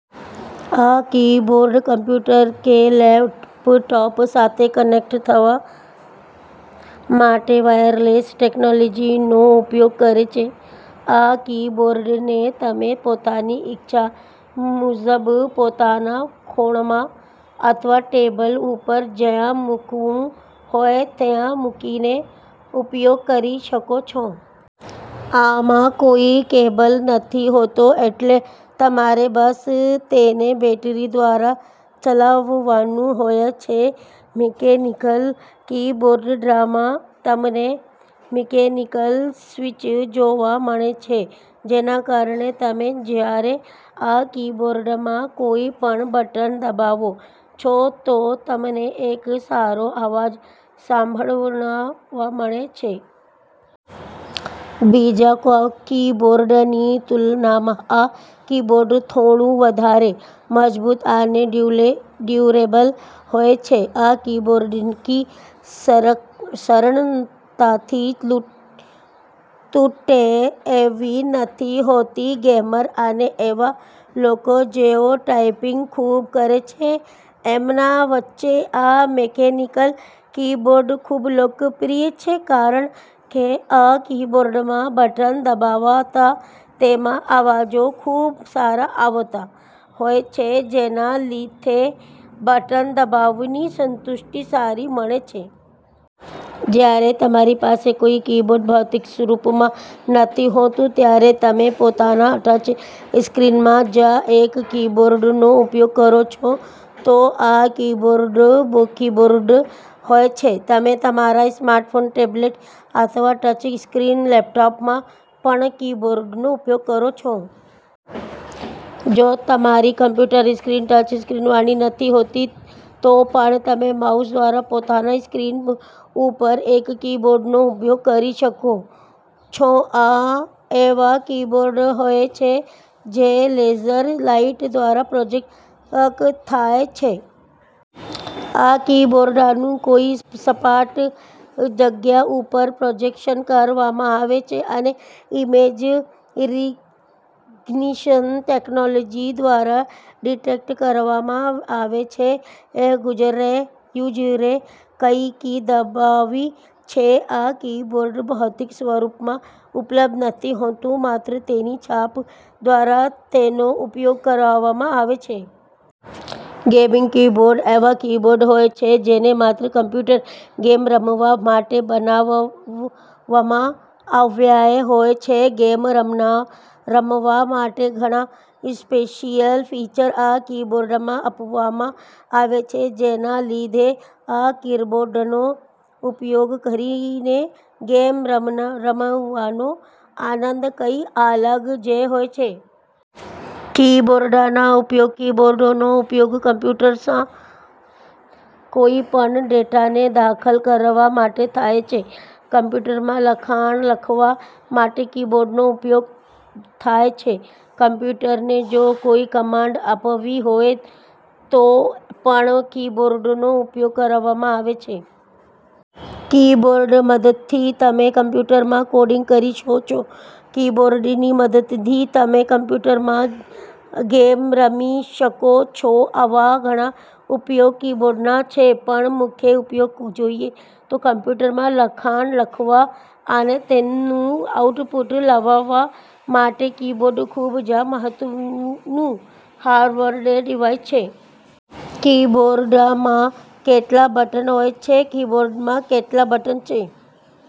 આ keyboard computer કે laptop સાથે કનેક્ટ થવા માટે વાયરલેસ ટેક્નોલોજીનો ઉપયોગ કરે છે. આ કીબોર્ડને તમે પોતાની ઈચ્છા મુજબ પોતાના ખોળામાં અથવા ટેબલ ઉપર જ્યાં મૂકવું હોય ત્યાં મૂકીને ઉપયોગ કરી શકો છો. આમાં કોઈ કેબલ નથી હોતો એટલે તમારે બસ તેને બેટરી દ્વારા ચલાવવાનું હોય છે. મિકેનિકલ કીબોર્ડમાં તમને મિકેનિકલ સ્વિચ જોવા મળે છે જેના કારણે તમે જ્યારે આ કીબોર્ડમાં કોઈ પણ બટન દબાવો છો તો તમને એક સારો અવાજ સાંભળવા મળે છે. બીજા કીબોર્ડની તુલનામાં આ કીબોર્ડ થોડું વધારે મજબૂત અને ડ્યુરેબલ હોય છે. આ કીબોર્ડની કી સરળતાથી તૂટે એવી નથી હોતી. ગેમર અને એવા લોકો જેઓ ટાઈપિંગ ખૂબ કરે છે એમના વચ્ચે આ મિકેનિકલ કીબોર્ડ ખૂબ લોકપ્રિય છે કારણ કે આ કીબોર્ડમાં બટન દબાવતા તેમાં અવાજો ખૂબ સારા આવતા હોય છે જેના લીધે બટન દબાવવાની સંતુષ્ટિ સારી મળે છે. જ્યારે તમારી પાસે કોઈ કીબોર્ડ ભૌતિક રૂપમાં નથી હોતું ત્યારે તમે પોતાના ટચ સ્ક્રીનમાં જ એક કીબોર્ડનો ઉપયોગ કરો છો તો આ કીબોર્ડ કીબોર્ડ હોય છે. તમે તમારા સ્માર્ટફોન, ટેબલેટ અથવા ટચ સ્ક્રીન લેપટોપમાં પણ કીબોર્ડનો ઉપયોગ કરો છો. જો તમારી કમ્પ્યુટર સ્ક્રીન ટચ સ્ક્રીન વાળી નથી હોતી તો પણ તમે માઉસ દ્વારા પોતાના સ્ક્રીન ઉપર એક કીબોર્ડનો ઉપયોગ કરી શકો છો. આ એવા કીબોર્ડ હોય છે જે લેઝર લાઇટ દ્વારા પ્રોજેકટ થાય છે. આ કીબોર્ડનું કોઈ સપાટ જગ્યા ઉપર પ્રોજેક્શન કરવામાં આવે છે અને ઇમેજ રિકગ્નિશન ટેક્નોલોજી દ્વારા ડિટેક્ટ કરવામાં આવે છે કે યુઝરએ કઈ કી દબાવી છે. આ કીબોર્ડ ભૌતિક સ્વરૂપમાં ઉપલબ્ધ નથી હોતું માત્ર તેની છાપ દ્વારા તેનો ઉપયોગ કરવામાં આવે છે. ગેમિંગ કીબોર્ડ એવા કીબોર્ડ હોય છે જેને માત્ર કમ્પ્યુટર ગેમ રમવા માટે બનાવવામાં આવ્યા હોય છે. ગેમ રમવા માટે ઘણા સ્પેશિયલ ફીચર આ કીબોર્ડમાં આપવામાં આવે છે જેના લીધે આ કીબોર્ડનો ઉપયોગ કરીને ગેમ રમવાનો આનંદ કઈક અલગ જ હોય છે. કીબોર્ડના ઉપયોગ – કીબોર્ડનો ઉપયોગ કમ્પ્યુટરમાં કોઈ પણ ડેટાને દાખલ કરવા માટે થાય છે. કમ્પ્યુટરમાં લખાણ લખવા માટે કીબોર્ડનો ઉપયોગ થાય છે. કમ્પ્યુટરને જો કોઈ કમાન્ડ આપવી હોય તો પણ કીબોર્ડનો ઉપયોગ કરવામાં આવે છે. કીબોર્ડની મદદથી તમે કમ્પ્યુટરમાં કોડિંગ કરી શકો છો. કીબોર્ડની મદદથી તમે કમ્પ્યુટરમાં ગેમ રમી શકો છો. આવા ઘણા ઉપયોગ કીબોર્ડના છે પણ મુખ્ય ઉપયોગ જોઈએ તો કમ્પ્યુટરમાં લખાણ લખવા અને તેનું આઉટપુટ લાવવા માટે કીબોર્ડ ખૂબ જ મહત્વનું હાર્ડવેર ડિવાઇસ છે. કીબોર્ડમાં કેટલા બટન હોય છે? –? કીબોર્ડમાં કેટલા બટન છે